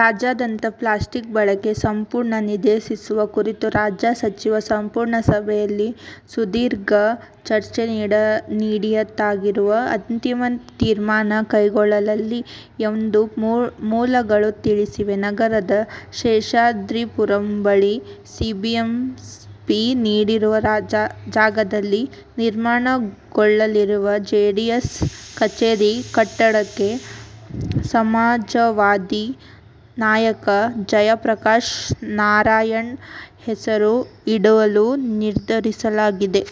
ರಾಜ್ಯಾದ್ಯಂತ ಪ್ಲಾಸ್ಟಿಕ್ ಬಳಕೆ ಸಂಪೂರ್ಣ ನಿಷೇಧಿಸುವ ಕುರಿತು ರಾಜ್ಯ ಸಚಿವ ಸಂಪುಟ ಸಭೆಯಲ್ಲಿ ಸುದೀರ್ಘ ಚರ್ಚೆ ನಡೆಯಿತಾದರೂ ಅಂತಿಮ ತೀರ್ಮಾನ ಕೈಗೊಳ್ಳಲಿಲ್ಲ ಎಂದು ಮೂಲಗಳು ತಿಳಿಸಿವೆ. ನಗರದ ಶೇಷಾದ್ರಿಪುರಂ ಬಳಿ ಬಿಬಿಎಂಪಿ ನೀಡಿರುವ ಜಾಗದಲ್ಲಿ ನಿರ್ಮಾಣಗೊಳ್ಳಲಿರುವ ಜೆಡಿಎಸ್ ಕಚೇರಿ ಕಟ್ಟಡಕ್ಕೆ ಸಮಾಜವಾದಿ ನಾಯಕ ಜಯಪ್ರಕಾಶ್ ನಾರಾಯಣ್ ಹೆಸರು ಇಡಲು ನಿರ್ಧರಿಸಲಾಗಿದೆ.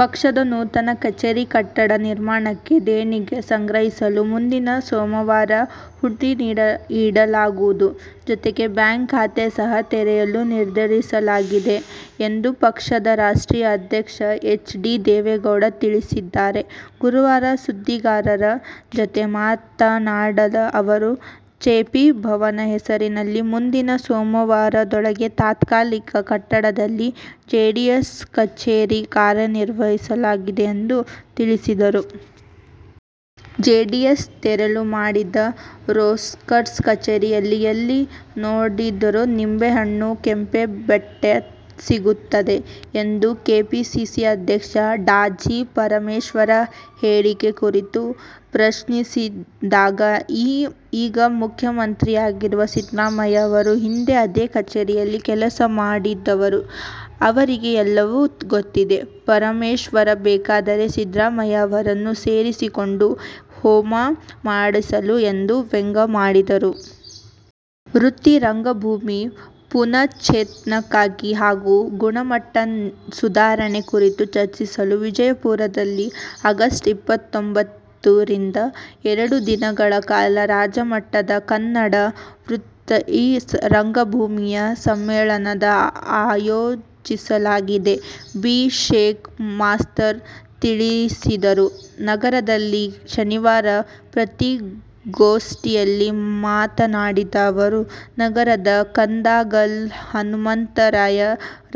ಪಕ್ಷದ ನೂತನ ಕಚೇರಿ ಕಟ್ಟಡ ನಿರ್ಮಾಣಕ್ಕೆ ದೇಣಿಗೆ ಸಂಗ್ರಹಿಸಲು ಮುಂದಿನ ಸೋಮವಾರ ಹುಂಡಿ ಇಡಲಾಗುವುದು. ಜತೆಗೆ ಬ್ಯಾಂಕ್ ಖಾತೆ ಸಹ ತೆರೆಯಲು ನಿರ್ಧರಿಸಲಾಗಿದೆ ಎಂದು ಪಕ್ಷದ ರಾಷ್ಟ್ರೀಯ ಅಧ್ಯಕ್ಷ ಎಚ್. ಡಿ. ದೇವೇಗೌಡ ತಿಳಿಸಿದ್ದಾರೆ. ಗುರುವಾರ ಸುದ್ದಿಗಾರರ ಜತೆ ಮಾತನಾಡಿದ ಅವರು, ಜೆಪಿ ಭವನ ಹೆಸರಿನಲ್ಲಿ ಮುಂದಿನ ಸೋಮವಾರದೊಳಗೆ ತಾತ್ಕಾಲಿಕ ಕಟ್ಟಡದಲ್ಲಿ ಜೆಡಿಎಸ್ ಕಚೇರಿ ಕಾರ್ಯನಿರ್ವಹಿಸಲಿದೆ ಎಂದು ತಿಳಿಸಿದರು. ಜೆಡಿಎಸ್ ತೆರವು ಮಾಡಿದ ರೇಸ್ಕೋರ್ಸ್ ಕಚೇರಿಯಲ್ಲಿ ಎಲ್ಲಿ ನೋಡಿದರೂ ನಿಂಬೆಹಣ್ಣು, ಕೆಂಪುಬಟ್ಟೆ ಸಿಗುತ್ತಿದೆ ಎಂಬ ಕೆಪಿಸಿಸಿ ಅಧ್ಯಕ್ಷ ಡಾ ಜಿ. ಪರಮೇಶ್ವರ್ ಹೇಳಿಕೆ ಕುರಿತು ಪ್ರಶ್ನಿಸಿದಾಗ, ಈಗ ಮುಖ್ಯಮಂತ್ರಿಯಾಗಿರುವ ಸಿದ್ದರಾಮಯ್ಯ ಅವರೂ ಹಿಂದೆ ಅದೇ ಕಚೇರಿಯಲ್ಲಿ ಕೆಲಸ ಮಾಡಿದವರು. ಅವರಿಗೆ ಎಲ್ಲವೂ ಗೊತ್ತಿದೆ. ಪರಮೇಶ್ವರ್ ಬೇಕಾದರೆ ಸಿದ್ದರಾಮಯ್ಯ ಅವರನ್ನೂ ಸೇರಿಸಿಕೊಂಡು ಹೋಮ ಮಾಡಿಸಲಿ ಎಂದು ವ್ಯಂಗ್ಯವಾಡಿದರು. ವೃತ್ತಿ ರಂಗಭೂಮಿ ಪುನಶ್ಚೇತನಕ್ಕಾಗಿ ಹಾಗೂ ಗುಣಮಟ್ಟ ಸುಧಾರಣೆ ಕುರಿತು ಚರ್ಚಿಸಲು ವಿಜಯಪುರದಲ್ಲಿ ಆಗಸ್ಟ್ ಇಪ್ಪತ್ತೊಂಬತ್ತ ರಿಂದ ಎರಡು ದಿನಗಳ ಕಾಲ ರಾಜ್ಯಮಟ್ಟದ ಕನ್ನಡ ವೃತ್ತಿ ರಂಗಭೂಮಿಯ ಸಮ್ಮೇಳನ ಆಯೋಜಿಸಲಾಗಿದೆ. ಬಿ. ಶೇಖ್ ಮಾಸ್ತರ ತಿಳಿಸಿದರು. ನಗರದಲ್ಲಿ ಶನಿವಾರ ಪತ್ರಿಕಾಗೋಷ್ಠಿಯಲ್ಲಿ ಮಾತನಾಡಿದ ಅವರು, ನಗರದ ಕಂದಗಲ್ ಹನುಮಂತರಾಯ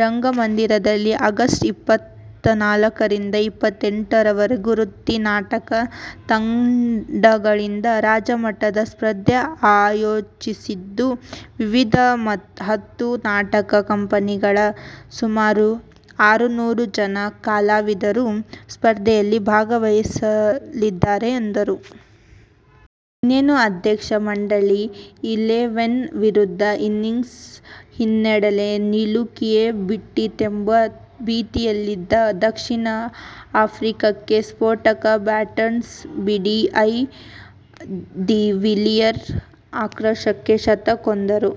ರಂಗಮಂದಿರದಲ್ಲಿ ಆಗಸ್ಟ್ ಇಪ್ಪತ್ತನಾಲ್ಕ ರಿಂದ ಇಪ್ಪತ್ತೆಂಟು ರವರೆಗೆ ವೃತ್ತಿ ನಾಟಕ ತಂಡಗಳಿಂದ ರಾಜ್ಯಮಟ್ಟದ ಸ್ಪರ್ಧೆ ಆಯೋಜಿಸಿದ್ದು, ವಿವಿಧ ಹತ್ತು ನಾಟಕ ಕಂಪನಿಗಳ ಸುಮಾರು ಆರುನ್ನೂರು ಜನ ಕಲಾವಿದರು ಸ್ಪರ್ಧೆಯಲ್ಲಿ ಭಾಗವಹಿಸಲಿದ್ದಾರೆ ಎಂದರು. ಇನ್ನೇನು ಅಧ್ಯಕ್ಷರ ಮಂಡಳಿ ಇಲೆವೆನ್ ವಿರುದ್ಧ ಇನ್ನಿಂಗ್ಸ್ ಹಿನ್ನಡೆಗೆ ಸಿಲುಕಿಯೇ ಬಿಟ್ಟಿತೆಂಬ ಭೀತಿಯಲ್ಲಿದ್ದ ದಕ್ಷಿಣ ಆಫ್ರಿಕಾಕ್ಕೆ ಸ್ಫೋಟಕ ಬ್ಯಾಟ್ಸ್ಮನ್ ಎಬಿ ಡಿ ವಿಲಿಯರ್ ಆಕರ್ಷಕ ಶತಕವೊಂದನ್ನು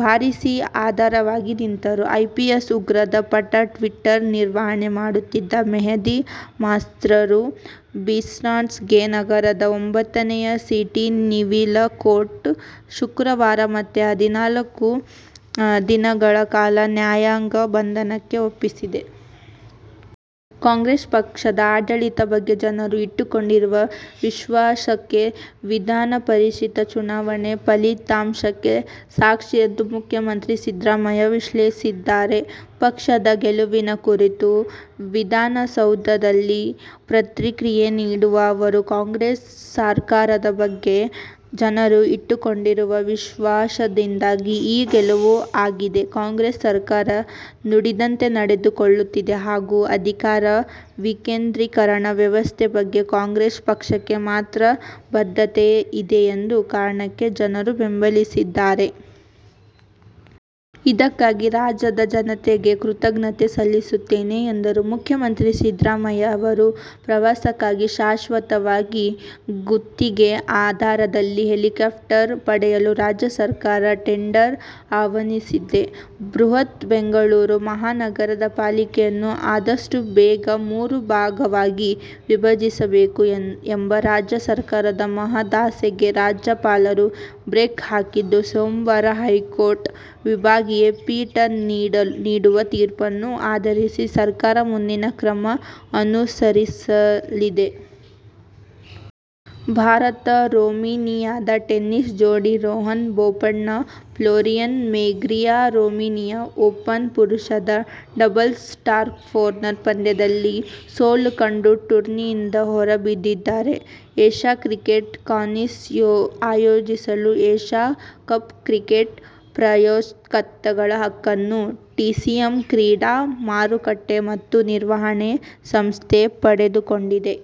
ಬಾರಿಸಿ ಆಧಾರವಾಗಿ ನಿಂತರು. ಐಸಿಸ್ ಉಗ್ರರ ಪರ ಟ್ವೀಟರ್ ನಿರ್ವಹಣೆ ಮಾಡುತ್ತಿದ್ದ ಮೆಹದಿ ಮಸ್ರೂರ್ ಬಿಸ್ವಾಸ್ ಗೆ ನಗರದ ಒಂಬ್ಬತ್ತನೇ ಸಿಟಿ ಸಿವಿಲ್ ಕೋರ್ಟ್ ಶುಕ್ರವಾರ ಮತ್ತೆ ಹದಿನಾಲ್ಕು ದಿನಗಳ ಕಾಲ ನ್ಯಾಯಾಂಗ ಬಂಧನಕ್ಕೆ ಒಪ್ಪಿಸಿದೆ. ಕಾಂಗ್ರೆಸ್ ಪಕ್ಷದ ಆಡಳಿತದ ಬಗ್ಗೆ ಜನರು ಇಟ್ಟುಕೊಂಡಿರುವ ವಿಶ್ವಾಸಕ್ಕೆ ವಿಧಾನಪರಿಷತ್ ಚುನಾವಣೆ ಫಲಿತಾಂಶವೇ ಸಾಕ್ಷಿ ಎಂದು ಮುಖ್ಯಮಂತ್ರಿ ಸಿದ್ದರಾಮಯ್ಯ ವಿಶ್ಲೇಷಿಸಿದ್ದಾರೆ. ಪಕ್ಷದ ಗೆಲುವಿನ ಕುರಿತು ವಿಧಾನಸೌಧದಲ್ಲಿ ಪ್ರತಿಕ್ರಿಯೆ ನೀಡಿದ ಅವರು, ಕಾಂಗ್ರೆಸ್ ಸರ್ಕಾರದ ಬಗ್ಗೆ ಜನರು ಇಟ್ಟುಕೊಂಡಿರುವ ವಿಶ್ವಾಸದಿಂದಾಗಿ ಈ ಗೆಲುವು ಆಗಿದೆ. ಕಾಂಗ್ರೆಸ್ ಸರ್ಕಾರ ನುಡಿದಂತೆ ನಡೆದುಕೊಳ್ಳುತ್ತಿದೆ ಹಾಗೂ ಅಧಿಕಾರ ವಿಕೇಂದ್ರೀಕರಣ ವ್ಯವಸ್ಥೆ ಬಗ್ಗೆ ಕಾಂಗ್ರೆಸ್ ಪಕ್ಷಕ್ಕೆ ಮಾತ್ರ ಬದ್ಧತೆ ಇದೆ ಎಂಬ ಕಾರಣಕ್ಕೆ ಜನರು ಬೆಂಬಲಿಸಿದ್ದಾರೆ. ಇದಕ್ಕಾಗಿ ರಾಜ್ಯದ ಜನತೆಗೆ ಕೃತಜ್ಞತೆ ಸಲ್ಲಿಸುತ್ತೇನೆ ಎಂದರು. ಮುಖ್ಯಮಂತ್ರಿ ಸಿದ್ದರಾಮಯ್ಯ ಅವರ ಪ್ರವಾಸಕ್ಕಾಗಿ ಶಾಶ್ವತವಾಗಿ ಗುತ್ತಿಗೆ ಆಧಾರದಲ್ಲಿ ಹೆಲಿಕಾಪ್ಟರ್ ಪಡೆಯಲು ರಾಜ್ಯ ಸರ್ಕಾರ ಟೆಂಡರ್ ಆಹ್ವಾನಿಸಿದೆ. ಬೃಹತ್ ಬೆಂಗಳೂರು ಮಹಾನಗರ ಪಾಲಿಕೆಯನ್ನು ಆದಷ್ಟು ಬೇಗ ಮೂರು ಭಾಗವಾಗಿ ವಿಭಜಿಸಬೇಕು ಎಂಬ ರಾಜ್ಯ ಸರ್ಕಾರದ ಮಹದಾಸೆಗೆ ರಾಜ್ಯಪಾಲರು ಬ್ರೇಕ್ ಹಾಕಿದ್ದು, ಸೋಮವಾರ ಹೈಕೋರ್ಟ್ ವಿಭಾಗೀಯ ಪೀಠ ನೀಡುವ ತೀರ್ಪನ್ನು ಆಧರಿಸಿ ಸರ್ಕಾರ ಮುಂದಿನ ಕ್ರಮ ಅನುಸರಿಸಲಿದೆ. ಭಾರತ-ರೊಮೇನಿಯಾದ ಟೆನ್ನಿಸ್ ಜೋಡಿ Rohan Bopanna Florin Mergea Romania Open ಪುರುಷರ ಡಬಲ್ಸ್ ಕ್ವಾರ್ಟರ್ಫೈನಲ್ ಪಂದ್ಯದಲ್ಲಿ ಸೋಲು ಕಂಡು ಟೂರ್ನಿಯಿಂದ ಹೊರಬಿದ್ದಿದ್ದಾರೆ. ಏಶ್ಯ ಕ್ರಿಕೆಟ್ ಕೌನ್ಸಿಲ್ ಆಯೋಜಿಸುವ ಏಶ್ಯ ಕಪ್ ಕ್ರಿಕೆಟ್ ಪ್ರಾಯೋಜಕತ್ವದ ಹಕ್ಕನ್ನು ಟಿಸಿಎಂ ಕ್ರೀಡಾ ಮಾರುಕಟ್ಟೆ ಮತ್ತು ನಿರ್ವಹಣಾ ಸಂಸ್ಥೆ ಪಡೆದುಕೊಂಡಿದೆ.